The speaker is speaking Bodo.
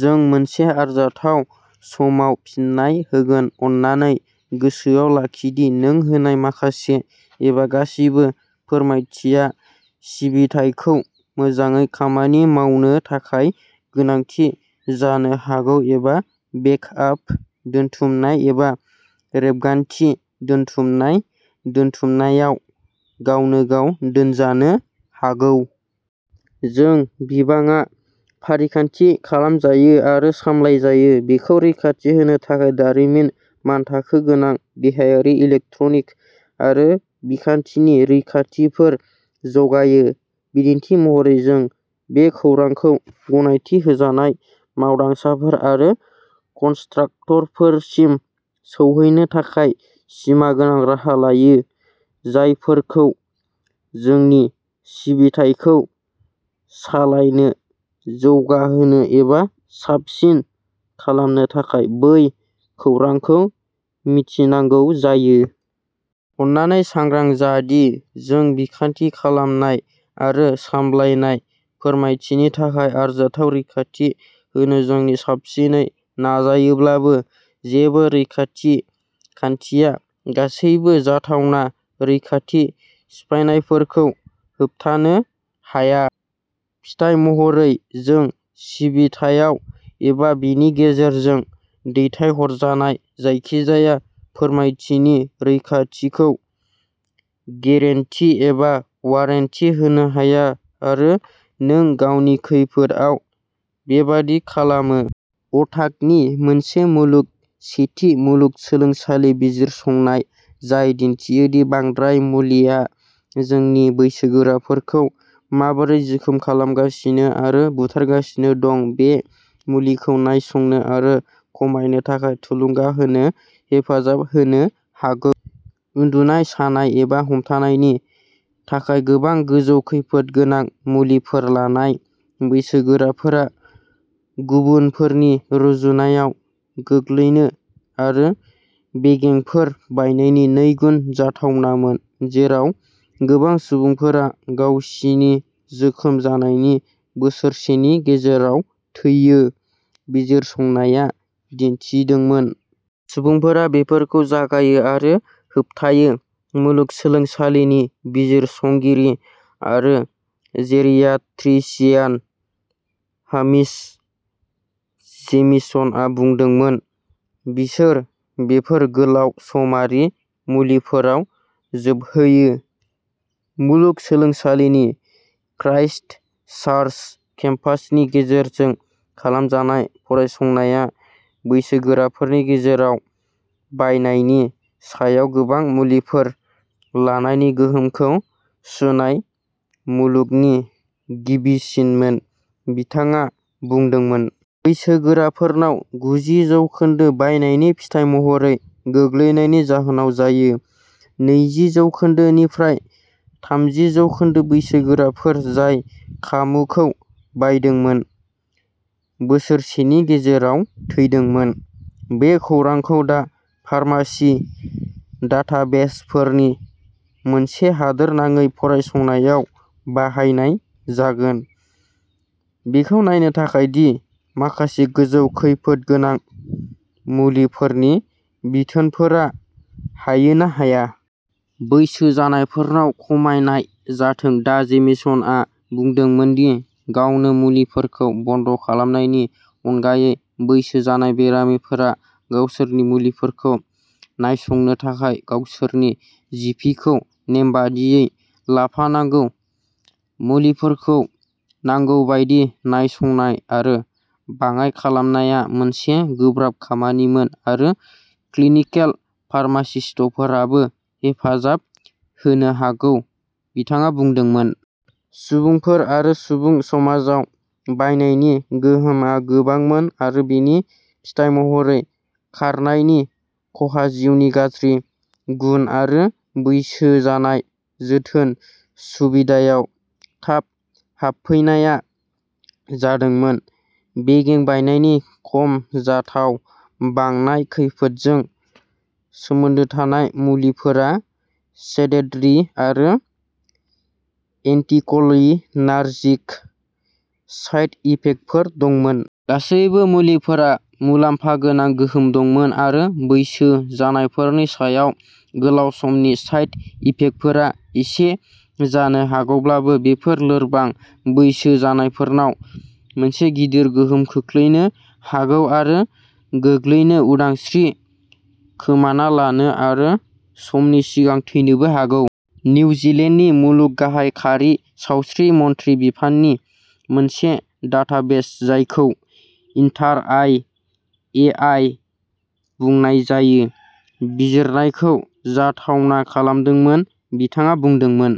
जों मोनसे आरजाथाव समाव फिन्नाय होगोन। अन्नानै गोसोआव लाखि दि नों होनाय माखासे एबा गासिबो फोरमायथिया सिबिथाइखौ मोजाङै खामानि मावनो थाखाय गोनांथि जानो हागौ एबा बेकआप दोनथुमनाय एबा रेबगान्थि दोनथुमनाय, दोनथुमनायाव गावनो-गाव दोनजानो हागौ। जों बिबाङा फारिखान्थि खालामजायो आरो सामलायजायो बेखौ रैखाथि होनो थाखाय दारिमिन मानथाखो गोनां देहायारि, इलेक्ट्रनिक आरो बिखान्थिनि रैखाथिफोर जगायो। बिदिन्थि महरै, जों बे खौरांखौ गनायथि होजानाय मावदांसाफोर आरो कन्ट्राक्टरफोरसिम सौहैनो थाखाय सिमा गोनां राहा लायो, जायफोरखौ जोंनि सिबिथाइखौ सालायनो, जौगाहोनो एबा साबसिन खालामनो थाखाय बै खौरांखौ मिथिनांगौ जायो। अन्नानै सांग्रां जा दि, जों बिखान्थि खालामनाय आरो सामलायनाय फोरमायथिनि थाखाय आरजाथाव रैखाथि होनो जोंनि साबसिनै नाजायोब्लाबो, जेबो रैखाथि खान्थिया गासैबो जाथावना रैखाथि सिफायनायफोरखौ होबथानो हाया। फिथाय महरै जों सिबिथायाव एबा बेनि गेजेरजों दैथायहरजानाय जायखिजाया फोरमायथिनि रैखाथिखौ गेरेन्टि एबा वारेन्ट होनो हाया आरो नों गावनि खैफोदआव बेबादि खालाम अटाग'नि मोनसे मुलुग सेथि मुलुगसोलोंसालि बिजिरसंनाय, जाय दिन्थियो दि बांद्राय मुलिआ जोंनि बैसोगोराफोरखौ माबोरै जोखोम खालामगासिनो आरो बुथारगासिनो दं, बे मुलिखौ नायसंनो आरो खमायनो थाखाय थुलुंगा होनो हेफाजाब होनो हागौ। उन्दुनाय, सानाय एबा हमथानायनि थाखाय गोबां गोजौ खैफोदगोनां मुलिफोर लानाय बैसोगोराफोरा गुबुनफोरनि रुजुनायाव गोग्लैनो आरो बेगेंफोर बायनायनि नैगुन जाथावनामोन, जेराव गोबां सुबुंफोरा गावसिनि जोखोम जानायनि बोसोरसेनि गेजेराव थैयो, बिजिरसंनाया दिन्थिदोंमोन। सुबुंफोरा बेफोरखौ जागायो आरो होबथायो, मुलुगसोलोंसालिनि बिजिरसंगिरि आरो जेरियाट्रिशियान हामिश जेमिसनआ बुंदोंमोन- "बिसोर बेफोर गोलाव-समारि मुलिफोराव जोबहैयो।" मुलुगसोलोंसालिनि क्राइस्टचार्च केम्पासनि गेजेरजों खालामजानाय फरायसंनाया, बैसोगोराफोरनि गेजेराव बायनायनि सायाव गोबां मुलिफोर लानायनि गोहोमखौ सुनाय मुलुगनि गिबिसिनमोन, बिथाङा बुंदोंमोन। बैसोगोराफोरनाव, गुजि जौखोन्दो बायनायनि फिथाय महरै गोग्लैनायनि जाहोनाव जायो। नैजि जौखोन्दो निफ्राय थामजि जौखोन्दो बैसोगोराफोर जाय खामुखौ बायदोंमोन, बोसोरसेनि गेजेराव थैदोंमोन। बे खौरांखौ दा फार्मासि डाटाबेसफोरनि मोनसे हादोरनाङै फरायसंनायाव बाहायनाय जागोन, बेखौ नायनो थाखाय दि माखासे गोजौ खैफोदगोनां मुलिफोरनि बिथोनफोरा हायो ना हाया। बैसो जानायफोरनाव खमायनाय जाथों। डा. जेमिसनआ बुंदोंमोन दि गावनो मुलिफोरखौ बन्द खालामनायनि अनगायै, बैसो जानाय बेरामिफोरा गावसोरनि मुलिफोरखौ नायसंनो थाखाय गावसोरनि जि. पि. खौ नेमबादियै लाफानांगौ। मुलिफोरखौ नांगौ बायदि नायसंनाय आरो बाङाइ खालामनाया मोनसे "गोब्राब" खामानिमोन आरो क्लिनिकेल फार्मासिस्टफोराबो हेफाजाब होनो हागौ, बिथाङा बुंदोंमोन। सुबुंफोर आरो सुबुं समाजाव बायनायनि गोहोमआ गोबांमोन आरो बेनि फिथाय महरै खारनायनि खहा, जिउनि गाज्रि गुन, आरो बैसो जानाय जोथोन सुबिदायाव थाब हाबफैनाया जादोंमोन। बेगें बायनायनि मख'जाथाव बांनाय खैफोदजों सोमोन्दो थानाय मुलिफोरा "सेडेटरि" आरो "एन्टिकलिनार्जिक" साइड इफेक्टफोर दंमोन। गासैबो मुलिफोरा "मुलाम्फा गोनां गोहोम" दंमोन आरो बैसो जानायफोरनि सायाव गोलाव समनि साइड इफेक्टफोरा एसे जानो हागौब्लाबो, बेफोर "लोरबां बैसो जानायफोरनाव मोनसे गिदिर गोहोम खोख्लैनो हागौ आरो गोग्लैनो, उदांस्रि खोमाना लानो आरो समनि सिगां थैनोबो हागौ।" निउजिलेन्डनि मुलुग गाहाय खारि, सावस्रि मन्थ्रि बिफाननि मोनसे डाटाबेस जायखौ इन्टार आर ए आइ बुंनाय जायो, बिजिरनायखौ जाथावना खालामदोंमोन, बिथाङा बुंदोंमोन।